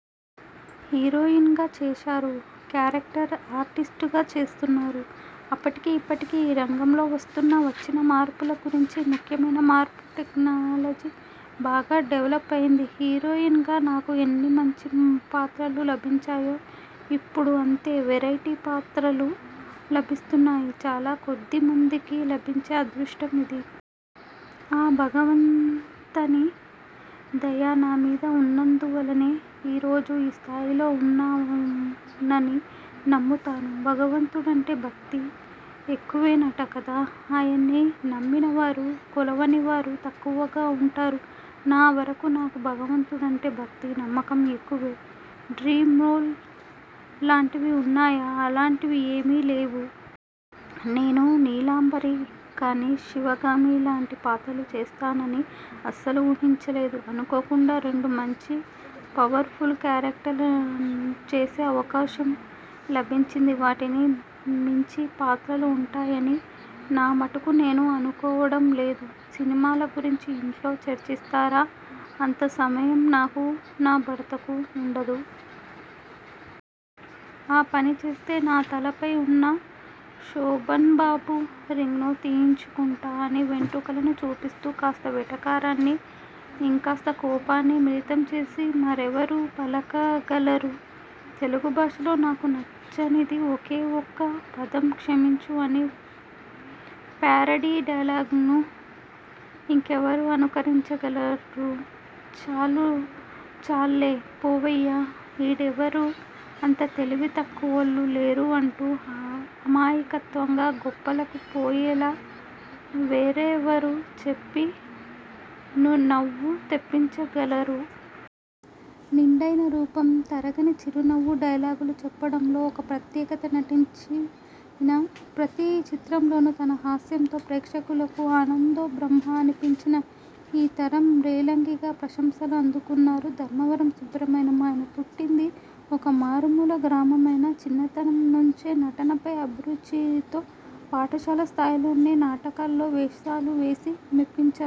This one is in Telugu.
హీరోయిన్గా చేశారు. క్యారెక్టర్ ఆర్టిస్టుగా చేస్తున్నారు? అప్పటికీ, ఇప్పటికీ ఈ రంగంలో వస్తున్న, వచ్చిన మార్పుల గురించి? ముఖ్యమైన మార్పు టెక్నాలజీ. బాగా డెవలప్ అయింది. హీరోయిన్గా నాకు ఎన్ని మంచి పాత్రలు లభించాయో, ఇప్పుడూ అంతే! వెరైటీ పాత్రలు లభిస్తున్నాయి. చాలా కొద్ది మందికి లభించే అదృష్టం ఇది. ఆ భగవంతని దయ నా మీద ఉన్నందు వలనే ఈరోజు ఈ స్థాయిలో ఉన్నానని నమ్ముతాను. భగవంతుడంటే భక్తి ఎక్కువేనట కదా? ఆయన్ని నమ్మనివారూ, కొలవని వారూ తక్కువగా ఉంటారు. నా వరకూ నాకు భగవంతుడంటే భక్తీ, నమ్మకం ఎక్కువే! డ్రీమ్రోల్ లాంటివి ఉన్నాయా? అలాంటివి ఏమీ లేవు. నేను నీలాంబరి కానీ, శివగామి లాంటి పాత్రలు చేస్తానని అస్సలు ఊహించలేదు. అనుకోకుండా రెండు మంచి పవర్ఫుల్ క్యారెక్టర్లు చేసే అవకాశం దొరికింది. వాటిని మించి పాత్రలు ఉంటాయని నా మటుకు నేను అనుకోవడం లేదు. సినిమాల గురించి ఇంట్లో చర్చిస్తారా? అంత సమయం నాకూ, నా భర్తకూ ఉండదు. 'ఆ పని చేస్తే నా తలపై ఉన్న శోభన్బాబు రింగ్ను తీయించుకుంటా' అని వెంట్రుకలను చూపిస్తూ కాస్త వెటకారాన్ని, ఇంకాస్త కోపాన్ని మిళితం చేసి మరెవరూ పలకగలరు! 'తెలుగుభాషలో నాకు నచ్చనిది ఒకే ఒక్క పదం క్షమించు' అని ప్యారడీ డైలాగ్ను ఇంకెవరు అనుకరించగలరు! 'చాలుచాల్లే పోవయ్యా ఈడెవరూ అంత తెలివి తక్కువోళ్లు లేరు' అంటూ అమాయకత్వంగా గొప్పలకు పోయేలా వేరెవరు చెప్పి నవ్వు తెప్పించగలరు! నిండైన రూపం, తరగని చిరునవ్వు, డైలాగులు చెప్పటంలో ఒక ప్రత్యేకత, నటించిన ప్రతి చిత్రంలోనూ తన హాస్యంతో ప్రేక్షకులను 'ఆనందో బ్రహ్మ' అనిపించిన ఈ తరం 'రేలంగి'గా ప్రశంసలు అందుకున్నారు ధర్మవరపు సుబ్రమణ్యం. ఆయన పుట్టింది ఒక మారుమూల గ్రామమైనా, చిన్నతనం నుంచే నటనపై అభిరుచితో పాఠశాల స్థాయిలోనే నాటకాల్లో వేషాలు వేసి మెప్పించా.